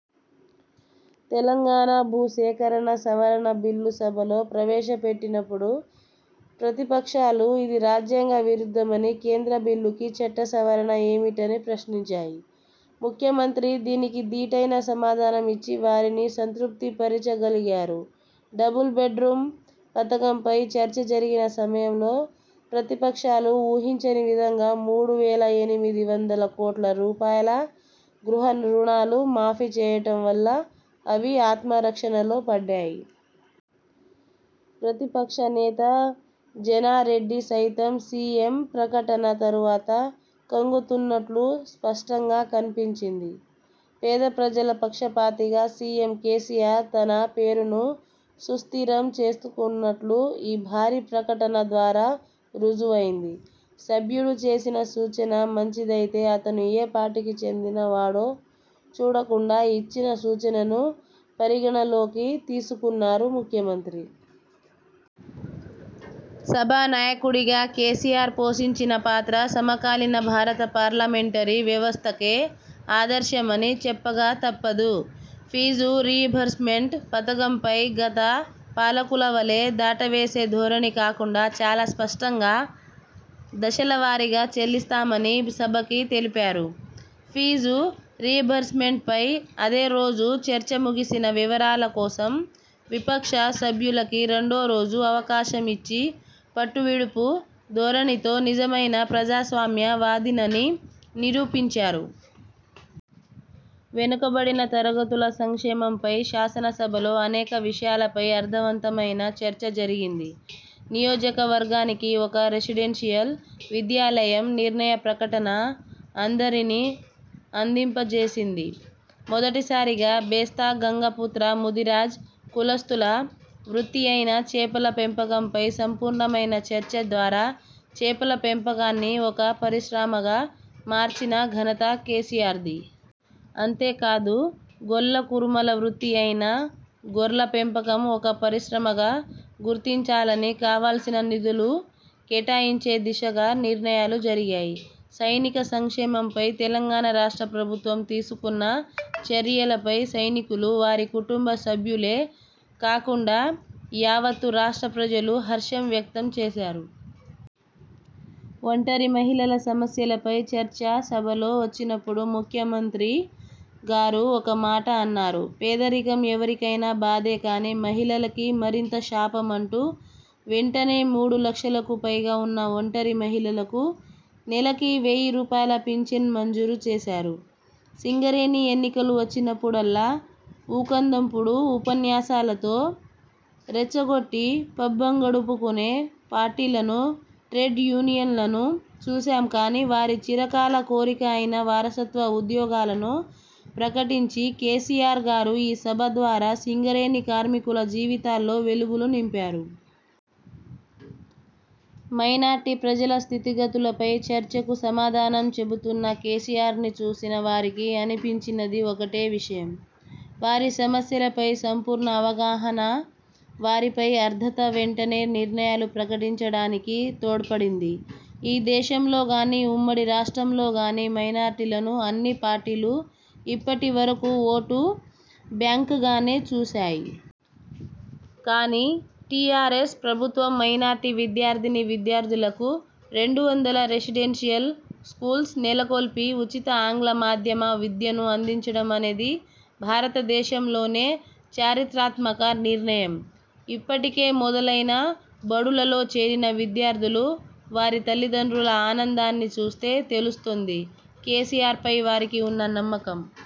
తెలంగాణ భూసేకరణ సవరణ బిల్లు సభలో ప్రవేశపెట్టినప్పుడు ప్రతిపక్షాలు ఇది రాజ్యాంగ విరుద్ధమని, కేంద్ర బిల్లుకి చట్ట సవరణ ఏమిటని ప్రశ్నించాయి. ముఖ్యమంత్రి దీనికి దీటైన సమాధానం ఇచ్చి వారిని సంతృప్తి పరచగలిగారు. డబుల్ బెడ్ రూం పథకంపై చర్చ జరిగిన సమయంలో ప్రతిపక్షాలు ఊహించని విధంగా మూడు వేల ఎనిమిది వందల కోట్ల రూపాయల గృహ రుణాలు మాఫీ చేయటం వల్ల అవి ఆత్మరక్షణలో పడ్డాయి. ప్రతిపక్ష నేత జానారెడ్డి సైతం సీఎం ప్రకటన తరువాత ఖంగుతిన్నట్లు స్పష్టంగా కన్పించింది. పేద ప్రజల పక్షపాతిగా సీఎం కేసీఆర్ తన పేరును సుస్థిరం చేసుకున్నట్లు ఈ భారీ ప్రక టన ద్వారా రుజువయింది. సభ్యుడు చేసిన సూచన మంచిదైతే అతను ఏ పార్టీకి చెందిన వాడో చూడకుండా ఇచ్చిన సూచనను పరిగణనలోకి తీసుకున్నారు ముఖ్యమంత్రి. సభా నాయకుడిగా కేసీఆర్ పోషించిన పాత్ర సమకాలీన భారత పార్లమెంటరీ వ్యవస్థకే ఆదర్శమని చెప్పక తప్పదు. ఫీజు రీయింబర్స్మెంట్ పథకంపై గత పాలకుల వలే దాటవేసే ధోరణి కాకుండా చాలా స్పష్టంగా దశల వారీగా చెల్లిస్తామని సభకి తెలిపారు. ఫీజు రీయింబర్స్మెంట్పై అదే రోజు చర్చ ముగిసినా వివరాల కోసం విపక్ష సభ్యులకి రెండో రోజు అవకాశం ఇచ్చి పట్టువిడుపు ధోరణితో నిజమైన ప్రజాస్వామ్య వాదినని నిరూపించారు. వెనుకబడిన తరగతుల సంక్షేమంపై శాసనసభలో అనేక విషయాలపై అర్థవంతమైన చర్చ జరిగింది. నియోజకవర్గానికి ఒక రెసిడెన్షియల్ విద్యాలయం నిర్ణయ ప్రకటన అందరినీ ఆనందింప జేసింది. మొదటిసారిగా బెస్త, గంగపుత్ర, ముదిరాజ్ కులస్తుల వృత్తి అయిన చేపల పెంపకంపై సంపూర్ణమైన చర్చ ద్వారా చేపల పెంపకాన్ని ఒక పరిశ్రమగా మార్చిన ఘనత కేసీఆర్ది. అంతేకాదు గొల్ల, కురుమల వృత్తి అయిన గొర్ల పెంపకం ఒక పరిశ్రమగా గుర్తించాలని కావలసిన నిధులు కేటాయించే దిశగా నిర్ణయాలు జరిగాయి. సైనిక సంక్షేమంపై తెలంగాణ రాష్ట్ర ప్రభుత్వం తీసుకున్న చర్యలపై సైనికులు, వారి కుటుంబ సభ్యులే కాకుండా యావత్తు రాష్ట్ర ప్రజలు హర్షం వ్యక్తం చేశారు. ఒంటరి మహిళల సమస్యలపై చర్చ సభలో వచ్చినప్పుడు ముఖ్యమంత్రి గారు ఒక మాట అన్నారు. 'పేదరికం ఎవరికైనా బాధే కానీ మహిళలకి మరింత శాపం' అంటూ, వెంటనే మూడు లక్షలకు పైగా ఉన్న ఒంటరి మహిళలకి నెలకి వెయ్యి రూపాయల పించన్ మంజూరు చేశారు. సింగరేణి ఎన్నికలు వచ్చినప్పుడల్లా ఊకదంపుడు ఉపన్యాసాలతో రెచ్చగొట్టి పబ్బం గడుపుకునే పార్టీలను, ట్రేడ్ యూనియన్లను చూశాం కానీ వారి చిరకాల కోరిక అయిన వారసత్వ ఉద్యోగాలను ప్రకటించి కేసీఆర్ గారు ఈ సభ ద్వారా సింగరేణి కార్మికుల జీవితాల్లో వెలుగులు నింపారు. మైనార్టీ ప్రజల స్థితిగతులపై చర్చకు సమాధానం చెబుతున్న కేసీఆర్ని చూసిన వారికి అనిపించినది ఒక్కటే విషయం. వారి సమస్యలపై సంపూర్ణ అవగాహన, వారిపై ఆర్ద్రత వెంటనే నిర్ణయాలు ప్రకటించడానికి తోడ్పడింది. ఈ దేశంలో గానీ, ఉమ్మడి రాష్ట్రంలో గానీ మైనార్టీలను అన్ని పార్టీలు ఇప్పటి వరకూ ఓటు బ్యాంక్గానే చూశాయి. కానీ టీఆర్ఎస్ ప్రభుత్వం మైనార్టీ విద్యార్థినీ విద్యార్థులకి రెండు వందల రెసిడెన్షియల్ స్కూల్స్ నెలకొల్పి ఉచిత ఆంగ్ల మాధ్యమ విద్యను అందించడం అనేది భారతదేశంలోనే చారిత్రాత్మక నిర్ణయం. ఇప్పటికే మొదలైన బడులలో చేరిన విద్యార్థులు, వారి తల్లిదండ్రుల ఆనందాన్ని చూస్తే తెలుస్తోంది కేసీఆర్పై వారికి ఉన్న నమ్మకం.